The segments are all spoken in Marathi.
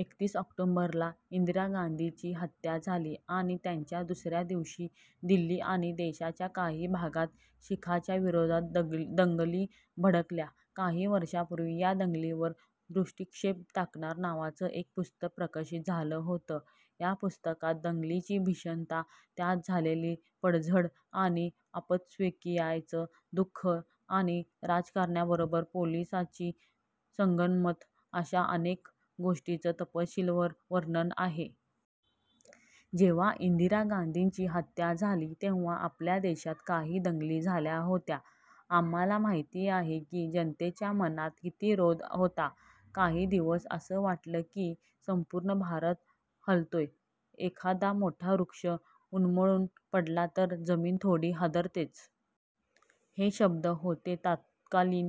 एकतीस ऑक्टोबरला इंदिरा गांधींची हत्या झाली आणि त्याच्या दुसऱ्या दिवशी दिल्ली आणि देशाच्या काही भागात शिखांच्या विरोधात दंगली भडकल्या. काही वर्षांपूर्वी या दंगलींवर दृष्टिक्षेप टाकणारं नावाचं एक पुस्तक प्रकाशित झालं होतं. या पुस्तकात दंगलीची भीषणता, त्यात झालेली पडझड आणि आप्तस्वकीयांचं दु:ख आणि राजकारण्यांबरोबर पोलिसांची संगनमत अशा अनेक गोष्टींचं तपशीलवार वर्णन आहे. जेव्हा इंदिरा गांधींची हत्या झाली तेव्हा आपल्या देशात काही दंगली झाल्या होत्या. आम्हाला माहिती आहे की जनतेच्या मनात किती रोष होता. काही दिवस असं वाटलं की संपूर्ण भारत हलतोय. एखादा मोठा वृक्ष उन्मळून पडला तर जमीन थोडी हादरतेच. हे शब्द होते तत्कालीन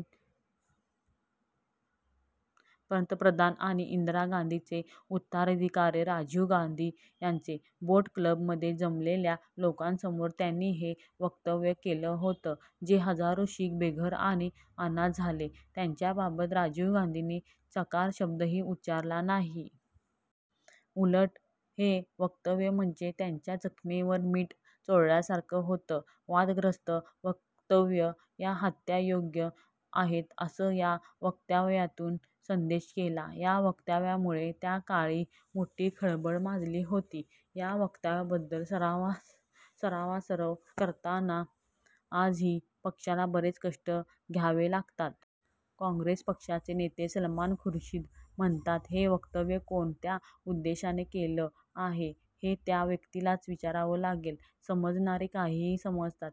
पंतप्रधान आणि इंदिरा गांधींचे उत्तराधिकारी राजीव गांधी यांचे. बोट क्लबमध्ये जमलेल्या लोकांसमोर त्यांनी हे वक्तव्य केलं होतं. जे हजारो शीख बेघर आणि अनाथ झाले त्यांच्याबाबत राजीव गांधींनी चकार शब्दही उच्चारला नाही. उलट हे वक्तव्य म्हणजे त्यांच्या जखमेवर मीठ चोळल्यासारखं होतं. वादग्रस्त वक्तव्य या हत्या योग्य आहेत असं या वक्तव्यातून संदेश गेला. या वक्तव्यामुळे त्या काळी मोठी खळबळ माजली होती. या वक्तव्याबद्दल सारवासारव करताना आजही पक्षाला बरेच कष्ट घ्यावे लागतात. काँग्रेस पक्षाचे नेते सलमान खुर्शीद म्हणतात, हे वक्तव्य कोणत्या उद्देशाने केलं आहे हे त्या व्यक्तीलाच विचारावं लागेल. समजणारे काहीही समजतात.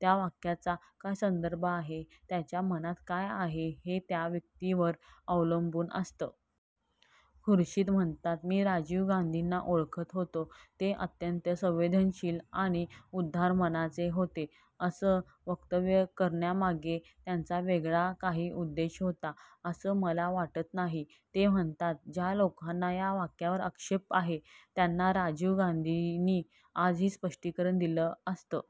त्या वाक्याचा काय संदर्भ आहे, त्यांच्या मनात काय आहे हे त्या व्यक्तीवर अवलंबून असतं. खुर्शीद म्हणतात, मी राजीव गांधींना ओळखत होतो. ते अत्यंत संवेदनशील आणि उदार मनाचे होते. असं वक्तव्य करण्यामागे त्यांचा वेगळा काही उद्देश होता असं मला वाटत नाही. ते म्हणतात, ज्या लोकांना या वाक्यावर आक्षेप आहे त्यांना राजीव गांधींनी आजही स्पष्टीकरण दिलं असतं.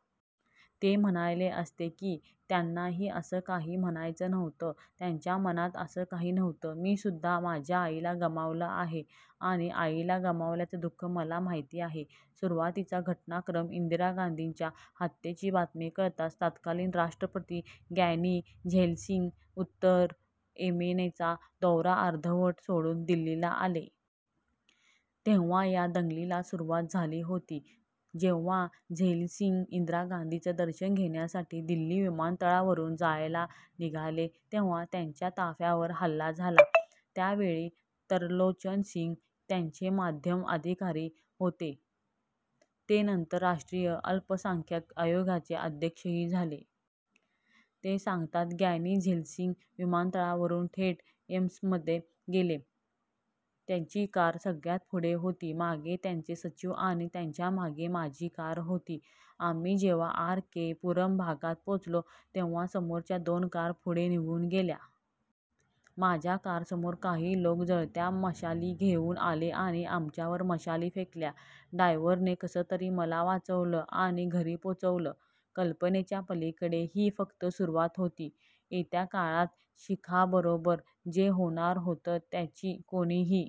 ते म्हणाले असते की त्यांनाही असं काही म्हणायचं नव्हतं. त्यांच्या मनात असं काही नव्हतं मीसुद्धा माझ्या आईला गमावलं आहे आणि आईला गमावल्याचं दु:ख मला माहिती आहे. सुरुवातीचा घटनाक्रम इंदिरा गांधीच्या हत्येची बातमी कळताच तत्कालीन राष्ट्रपती ग्यानी झैलसिंग उत्तर येमेनचा दौरा अर्धवट सोडून दिल्लीला आले. तेव्हा या दंगलीला सुरुवात झाली होती. जेव्हा झैलसिंग इंदिरा गांधीचं दर्शन घेण्यासाठी दिल्ली विमानतळावरून जायला निघाले तेव्हा त्यांच्या ताफ्यावर हल्ला झाला. त्यावेळी तरलोचन सिंग त्यांचे माध्यम अधिकारी होते. ते नंतर राष्ट्रीय अल्पसंख्याक आयोगाचे अध्यक्षही झाले. ते सांगतात, ग्यानी झैलसिंग विमानतळावरून थेट एम्समध्ये गेले. त्यांची कार सगळ्यात पुढे होती. मागे त्यांचे सचिव, आणि त्यांच्या मागे माझी कार होती. आम्ही जेव्हा आर. के. पुरम भागात पोहोचलो तेव्हा समोरच्या दोन कार पुढे निघून गेल्या. माझ्या कारसमोर काही लोक जळत्या मशाली घेऊन आले आणि आमच्यावर मशाली फेकल्या. ड्रायव्हरने कसंतरी मला वाचवलं आणि घरी पोचवलं. कल्पनेच्या पलीकडे ही फक्त सुरुवात होती. येत्या काळात शिखांबरोबर जे होणार होतं त्याची कोणीही